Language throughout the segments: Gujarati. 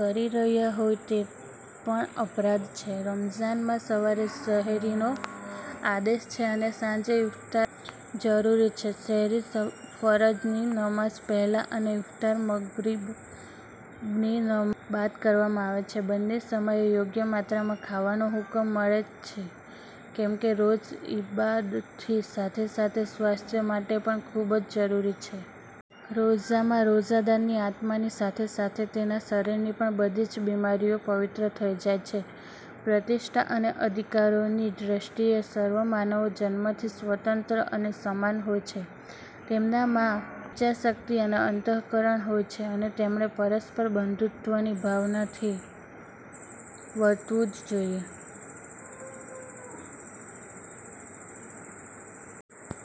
કરી રહ્યાં હોય તે પણ અપરાધ છે. રમઝાનમાં સવારે સહેરીનો આદેશ છે અને સાંજે ઈફ્તાર જરૂરી છે. સેહરી ફરજની નમાઝ પહેલા અને ઈફ્તાર મગરિબની નમાઝ બાદ કરવામાં આવે છે. બંને સમયે યોગ્ય માત્રામાં ખાવાનો હુક્મ મળે છે કેમકે રોઝા ઈબાતની સાથે સાથે સ્વાસ્થ્ય માટે પણ ખુબ જ જરૂરી છે. રોઝામાં રોઝાદારની આત્માની સાથે સાથે તેના શરીરની પણ બધી જ બિમારીઓ પવિત્ર થઈ જાય છે. પ્રતિષ્ઠા અને અધિકારોની દૃષ્ટિએ સર્વ માનવો જન્મથી સ્વતંત્ર અને સમાન હોય છે. તેમના માં વિચારશક્તિ અને અંતઃકરણ હોય છે અને તેમણે પરસ્પર બંધુત્વની ભાવનાથી વર્તવું જો ઈએ.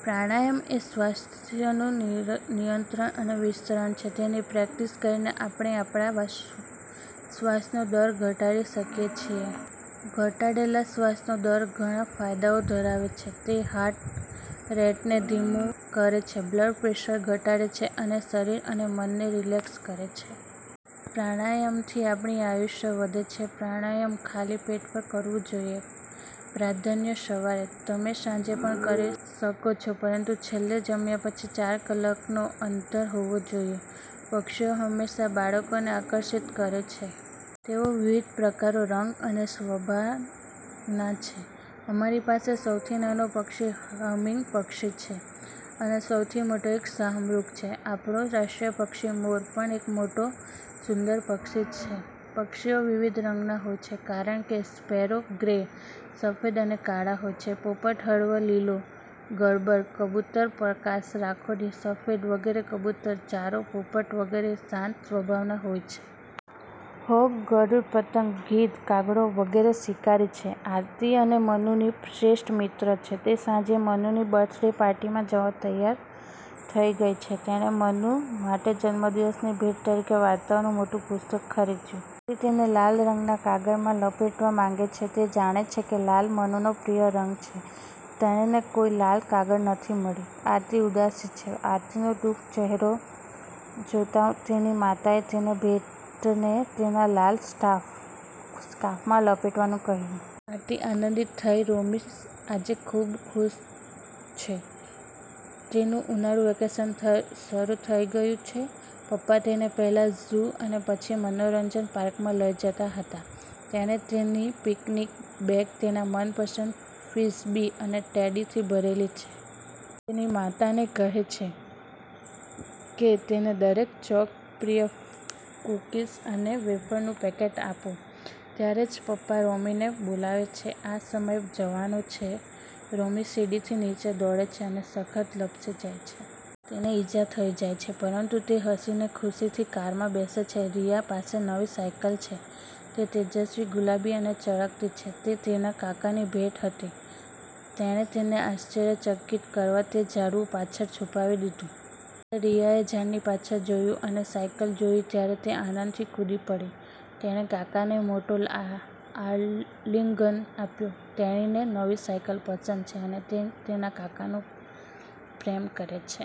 પ્રાણાયમ એ શ્વાસનું નિય નિયંત્રણ અને વિસ્તરણ છે. તેની પ્રેક્ટિસ કરીને, આપણે આપણા સ્વ શ્વાસનો દર ઘટાડી શકીએ છીએ. ઘટાડેલા શ્વાસનો દર ઘણાં ફાયદાઓ ધરાવે છે. તે હાર્ટ રેટને ધીમું કરે છે, બ્લડ પ્રેશર ઘટાડે છે અને શરીર અને મનને રિલેક્સ કરે છે. પ્રાણાયામથી આપણી આયુષ્ય વધે છે. પ્રાણાયમ ખાલી પેટ પર કરવું જોઈએ, પ્રાધાન્ય સવારે. તમે સાંજે પણ કરી શકો છો પરંતુ છેલ્લે જમ્યા પછી ચાર કલાકનો અંતર હોવો જોઈએ. પક્ષીઓ હંમેશાં બાળકોને આકર્ષિત કરે છે. તેઓ વિવિધ પ્રકારો, રંગ અને સ્વભાવના છે. અમારી પાસે સૌથી નાનો પક્ષી-હમિંગ પક્ષી છે અને સૌથી મોટો એક શાહમૃગ છે. આપણો રાષ્ટ્રીય પક્ષી મોર પણ એક મોટો, સુંદર પક્ષી છે. પક્ષીઓ વિવિધ રંગોના હોય છે કારણ કે સ્પેરો ગ્રે, સફેદ અને કાળા હોય છે; પોપટ-હળવા લીલો, ગડબડ; કબૂતર-પ્રકાશ રાખોડી, સફેદ વગેરે કબૂતર, ચારો, પોપટ વગેરે શાંત સ્વભાવના હોય છે. હોક, ગરુડ, પતંગ, ગીધ, કાગડો વગેરે શિકારી છે. આરતી એ મનુની શ્રેષ્ઠ મિત્ર છે. તે સાંજે મનુની બર્થડે પાર્ટીમાં જવા તૈયાર થઈ ગઈ છે. તેણે મનુ માટે જન્મદિવસની ભેટ તરીકે વાર્તાઓનું મોટું પુસ્તક ખરીદ્યું. આરતી તેને લાલ રંગના કાગળમાં લપેટવા માંગે છે. તે જાણે છે કે લાલ મનુનો પ્રિય રંગ છે. તેણીને કોઈ લાલ કાગળ નથી મળી. આરતી ઉદાસી છે. આરતીનો દુ:ખ ચહેરો જોતાં તેની માતાએ તેને ભેટને તેના લાલ સ્કાર્ફમાં લપેટવાનું કહ્યું! આરતી આનંદિત થઈ. રોમી આજે ખૂબ ખુશ છે. તેની ઉનાળુ વેકેશન શરૂ થઈ ગયું છે. પપ્પા તેને પહેલા ઝૂ અને પછી મનોરંજન પાર્કમાં લઈ જતા હતા. તેણે તેની પિકનિક બેગ તેના મનપસંદ ફ્રિસ્બી અને ટેડીથી ભરેલી છે. તે તેની માતાને કહે છે કે તેને દરેક ચોકચિપ કૂકીઝ અને વેફરનું પેકેટ આપો. ત્યારે જ પપ્પા રોમીને બોલાવે છે, આ સમય જવાનો છે! રોમી સીડીથી નીચે દોડે છે અને સખત લપસી જાય છે. તેને ઈજા થઈ છે, પરંતુ તે હસીને ખુશીથી કારમાં બેસે છે. રિયા પાસે નવી સાયકલ છે. તે તેજસ્વી ગુલાબી અને ચળકતી છે. તે તેના કાકાની ભેટ હતી. તેણે તેને આશ્ચર્યચકિત કરવા તે ઝાડવું પાછળ છુપાવી દીધું. જ્યારે રિયાએ ઝાડની પાછળ જોયું અને સાયકલ જોઇ ત્યારે તે આનંદથી કૂદી પડી. તેણે કાકાને મોટો આલિંગન આપ્યો. તેણીને નવી સાયકલ પસંદ છે અને તે તેના કાકાને પ્રેમ કરે છે.